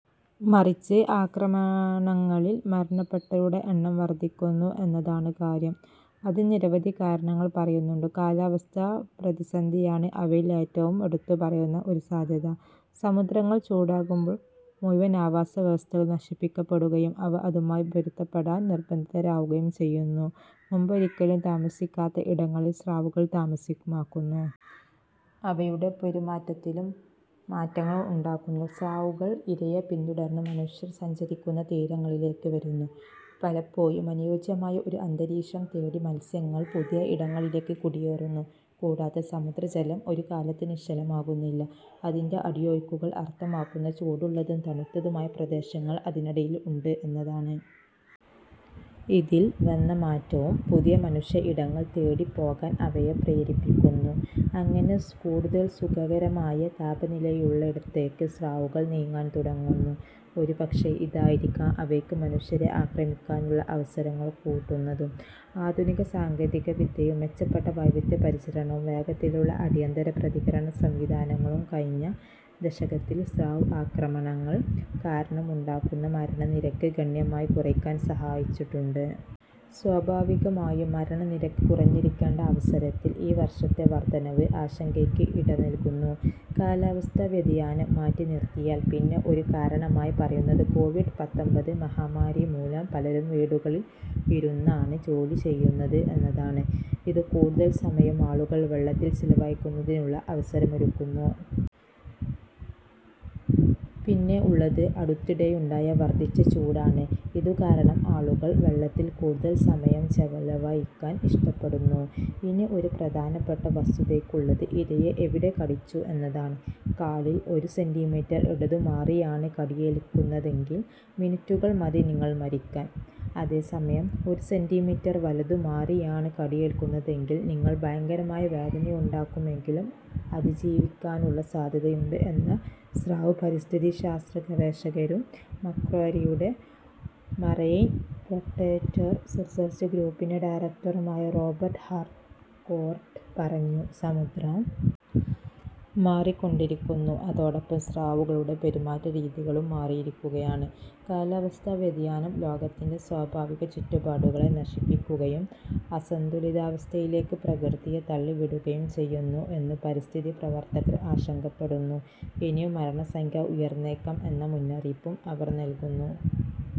മറിച്ച് ആക്രമണങ്ങളിൽ മരണപ്പെടുന്നവരുടെ എണ്ണം വർധിക്കുന്നു എന്നതാണ് കാര്യം. അതിന് നിരവധി കാരണങ്ങൾ പറയുന്നുണ്ട്. കാലാവസ്ഥാ പ്രതിസന്ധിയാണ് അവയിൽ ഏറ്റവും എടുത്തുപറയുന്ന ഒരു സാധ്യത. സമുദ്രങ്ങൾ ചൂടാകുമ്പോൾ മുഴുവൻ ആവാസവ്യവസ്ഥകളും നശിപ്പിക്കപ്പെടുകയും അവ അതുമായി പൊരുത്തപ്പെടാൻ നിർബന്ധിതരാകുകയും ചെയ്യുന്നു. മുമ്പൊരിക്കലും താമസമാക്കാത്ത ഇടങ്ങളിൽ സ്രാവുകൾ താമസമാക്കുന്നു. അവയുടെ പെരുമാറ്റത്തിലും മാറ്റങ്ങൾ ഉണ്ടാകുന്നു. സ്രാവുകൾ ഇരയെ പിന്തുടർന്ന് മനുഷ്യർ സഞ്ചരിക്കുന്ന തീരങ്ങളിലേക്ക് വരുന്നു. പലപ്പോഴും അനുയോജ്യമായ ഒരു അന്തരീക്ഷം തേടി മത്സ്യങ്ങൾ പുതിയ ഇടങ്ങളിലേക്ക് കുടിയേറുന്നു. കൂടാതെ സമുദ്രജലം ഒരു കാലത്തും നിശ്ചലമാകുന്നില്ല. അതിൻ്റെ അടിയൊഴുക്കുകൾ അർത്ഥമാക്കുന്നത് ചൂടുള്ളതും തണുത്തതുമായ പ്രദേശങ്ങൾ അതിനിടയിൽ ഉണ്ട് എന്നതാണ്. ഇതിൽ വന്ന മാറ്റവും പുതിയ മനുഷ്യ ഇടങ്ങൾ തേടിപ്പോകാൻ അവയെ പ്രേരിപ്പിക്കുന്നു. അങ്ങനെ കൂടുതൽ സുഖകരമായ താപനിലയുള്ളിടത്തേക്ക് സ്രാവുകൾ നീങ്ങാൻ തുടങ്ങുന്നു. ഒരുപക്ഷേ ഇതായിരിക്കാം അവയ്ക്ക് മനുഷ്യരെ ആക്രമിക്കാനുള്ള അവസരങ്ങൾ കൂടുന്നതും. ആധുനിക സാങ്കേതികവിദ്യയും മെച്ചപ്പെട്ട വൈദ്യപരിചരണവും വേഗത്തിലുള്ള അടിയന്തര പ്രതികരണ സംവിധാനങ്ങളും കഴിഞ്ഞ ദശകത്തിൽ സ്രാവ് ആക്രമണങ്ങൾ കാരണമുണ്ടാകുന്ന മരണനിരക്ക് ഗണ്യമായി കുറയ്ക്കാൻ സഹായിച്ചിട്ടുണ്ട്. സ്വാഭാവികമായും മരണനിരക്ക് കുറഞ്ഞിരിക്കേണ്ട അവസരത്തിൽ ഈ വർഷത്തെ വർധനവ് ആശങ്കയ്ക്ക് ഇട നൽകുന്നു. കാലാവസ്ഥാ വ്യതിയാനം മാറ്റിനിർത്തിയാൽ പിന്നെ ഒരു കാരണമായി പറയുന്നത് കോവിഡ് പത്തൊമ്പത് മഹാമാരി മൂലം പലരും വീടുകളിൽ ഇരുന്നാണ് ജോലി ചെയ്യുന്നത് എന്നതാണ്. ഇത് കൂടുതൽ സമയവും ആളുകൾ വെള്ളത്തിൽ ചെലവഴിക്കുന്നതിനുള്ള അവസരമൊരുക്കുന്നു. പിന്നെ ഉള്ളത് അടുത്തിടെയുണ്ടായ വർധിച്ച ചൂടാണ്. ഇതുകാരണം ആളുകൾ വെള്ളത്തിൽ കൂടുതൽ സമയം ചെലവഴിക്കാൻ ഇഷ്ടപ്പെടുന്നു. ഇനി ഒരു പ്രധാനപ്പെട്ട വസ്തുതയുള്ളത് ഇരയെ എവിടെ കടിച്ചു എന്നതാണ്. കാലിൽ ഒരു സെന്റിമീറ്റർ ഇടതുമാറിയാണ് കടിയേൽക്കുന്നതെങ്കിൽ മിനിറ്റുകൾ മതി നിങ്ങൾ മരിക്കാൻ. അതേസമയം ഒരു സെന്റിമീറ്റർ വലതുമാറിയാണ് കടിയേൽക്കുന്നതെങ്കിൽ നിങ്ങൾക്ക് ഭയങ്കരമായ വേദനയുണ്ടാകുമെങ്കിലും അതിജീവിക്കാനുള്ള സാധ്യതയുണ്ട് എന്ന് സ്രാവ് പരിസ്ഥിതിശാസ്ത്ര ഗവേഷകനും മക്വാരിയുടെ മറൈൻ പ്രെഡേറ്റർ റിസർച്ച് ഗ്രൂപ്പിൻ്റെ ഡയറക്ടറുമായ റോബർട്ട് ഹാർകോർട്ട് പറഞ്ഞു. സമുദ്രം മാറിക്കൊണ്ടിരിക്കുന്നു. അതോടൊപ്പം സ്രാവുകളുടെ പെരുമാറ്റരീതികളും മാറുകയാണ്. കാലാവസ്ഥാ വ്യതിയാനം ലോകത്തിലെ സ്വാഭാവിക ചുറ്റുപാടുകളെ നശിപ്പിക്കുകയും അസന്തുലിതാവസ്ഥയിലേക്ക് പ്രകൃതിയെ തള്ളിവിടുകയും ചെയ്യുന്നു എന്ന് പരിസ്ഥിതി പ്രവർത്തകർ ആശങ്കപ്പെടുന്നു. ഇനിയും മരണസംഖ്യ ഉയർന്നേക്കാം എന്ന മുന്നറിയിപ്പും അവർ നൽകുന്നു.